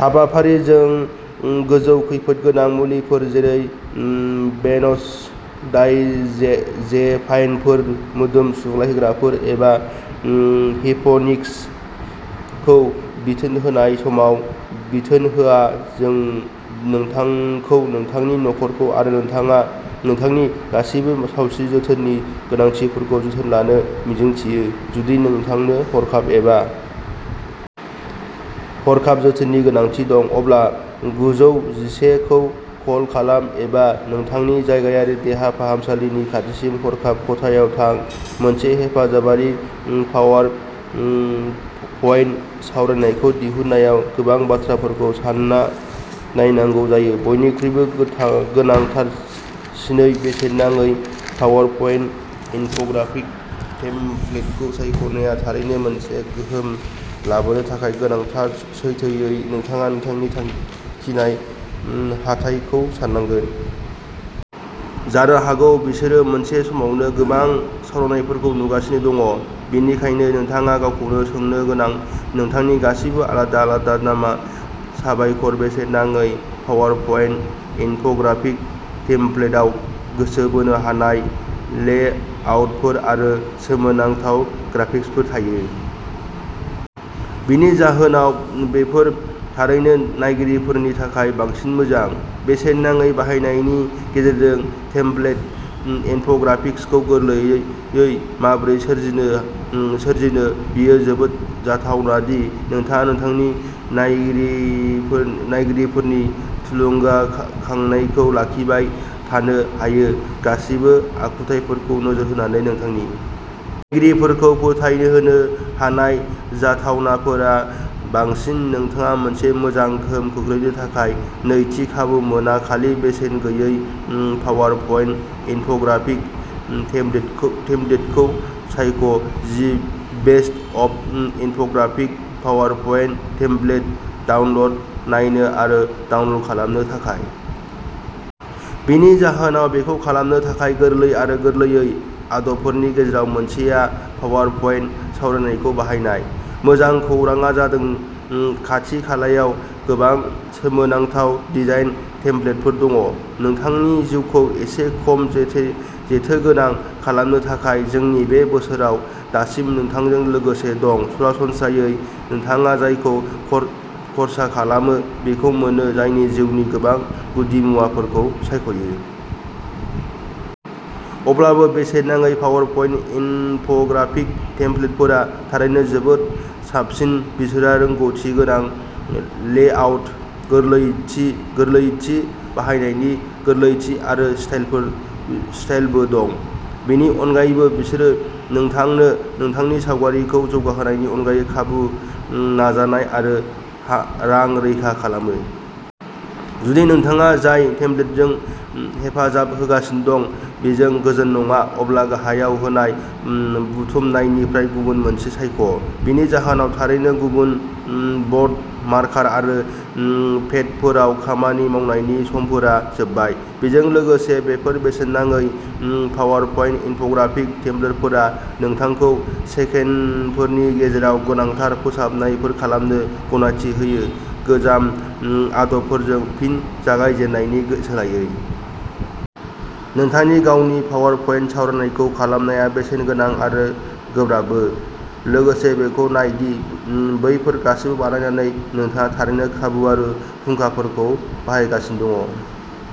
हाबाफारि जों गोजौ खैफोदगोनां मुलिफोर जेरै बेनज'डायजेपाइनफोर मोदोम सुग्लायहोग्राफोर एबा हिप'निक्सखौ बिथोन होनाय समाव बिथोन होआ जों नोंथांखौ नोंथांनि नखरखौ आरो नोंथांनि गासिबो सावस्रि जोथोननि गोनांथिफोरखौ जोथोन लानो मिजिंथियो। जुदि नोंथांनो हरखाब एबा हरखाब जोथोननि गोनांथि दं अब्ला गुजौ जिसे खौ कल खालाम एबा नोंथांनि जायगायारि देहा फाहामसालिनि खाथिसिन हरखाब खथायाव थां मोनसे हेफाजाबारि पावारप्वइन्ट सावरायनायखौ दिहुननायाव गोबां बाथ्राफोरखौ सानना नायनांगौ जायो बयनिख्रुइबो गोनांथारसिनै बेसेन नाङै पावारप्वइन्ट इनफ'ग्राफिक टेमप्लेटखौ सायख'नाया थारैनो मोनसे गोहोम लाबोनो थाखाय गोनांथार सैथोयै नोंथाङा नोंथांनि थांखिनाय हाथाइखौ साननांगोन। जानो हागौ बिसोरो मोनसे समावनो गोबां सावरायनायफोरखौ नुगासिनो दं बेनिखायनो नोंथाङा गावखौनो सोंनो गोनां नोंथांनि गासैबो आलादा आलादा नामा साबायखर बेसेन नाङै पावारप्वइन्ट इनफ'ग्राफिक टेमप्लेटआव गोसो बोनो हानाय लेआउटफोर आरो सोमोनांथाव ग्राफिक्सफोर थायो। बेनि जाहोनाव बेफोर थारैनो नायगिरिफोरनि थाखाय बांसिन मोजां। बेसेन नाङै बाहायनायनि गेजेरजों टेमप्लेट इनफ'ग्राफिक्सखौ गोरलैयै माबोरै सोरजिनो बेयो जोबोद जाथावना दि नोंथाङा नोंथांनि नायगिरिफोरनि थुलुंगानायखौ लाखिबाय थानो हायो गासिबो आखुथाइफोरखौ नोजोर होनानै नोंथांनि नायगिरिफोरखौ फोथायहोनो हानाय जाथावनाफोरा बांसिन नोंथाङा मोनसे मोजां गोहोम खोख्लैनो थाखाय नैथि खाबु मोना खालि बेसेन गैयै पावारप'न्ट इनफ'ग्राफिक टेमप्लेटखौ सायख' the best of infographic PowerPoint template download नायनो आरो डाउनल'ड खालामनो थाखाय बेनि जाहोनाव बेखौ खालामनो थाखाय गोरलै आरो गोरलै आदबफोरनि गेजेराव मोनसेआ पावारप'न्ट सावरायनायखौ बाहायनाय। मोजां खौरांआ जादों खाथि-खालायाव गोबां सोमोनांथाव डिजाइन टेमप्लेटफोर दं। नोंथांनि जिउखौ एसे खम जेथोगोनां खालामनो थाखाय जोंनि बे बोसोराव दासिम नोंथांजों लोगोसे दं सरासनस्रायै नोंथाङा जायखौ खर्सा खालामो बेखौ मोनो जाय जिउनि गोबां गुदिमुवाफोरखौ सायख'यो। अब्लाबो बेसेन नाङै पावारप'न्ट इनफ'ग्राफिक टेमप्लेटफोरा थारैनो जोबोद साबसिन बिसोरहा रोंग'थि गोनां लेआउट गोरलैथि बाहायनायनि गोरलैथि आरो स्टाइलबो दं। बेनि अनगायैबो बिसोरो नोंथांनो नोंथांनि गावारिखौ जौगाहोनायनि अनगायै खाबु नाजानाय आरो रां रैखा खालामो। जुदि नोंथाङा जाय टेमप्लेटजों हेफाजाब होगासिनो दं बेजों गोजोन नङा अब्ला गाहायाव होनाय बुथुमनायनिफ्राय गुबुन मोनसे सायख'। बेनि जाहोनाव थारैनो गुफुर ब'र्ड मार्कार आरो पेडफोराव खामानि मावनायनि समफोरा जोबबाय। बेजों लोगोसे बेफोर बेसेन नाङै पावारप'न्ट इनफ'ग्राफिक टेमप्लेटफोरा नोंथांखौ सेकेन्डफोरनि गेजेराव गोनांथार फोसाबनायफोर खालामनो गनायथि होयो गोजाम आदबफोरजों फिन जागायजेन्नायनि सोलायै। नोंथांनि गावनि पावारप'न्ट सावरायनायखौ खालामनाया बेसेन गोनां आरो गोब्राबबो। लोगोसे बेखौ नाय दि बैफोर गासिबो बानायनानै नोंथाङा थारैनो खाबु आरो फुंखाफोरखौ बाहायगासिनो दं।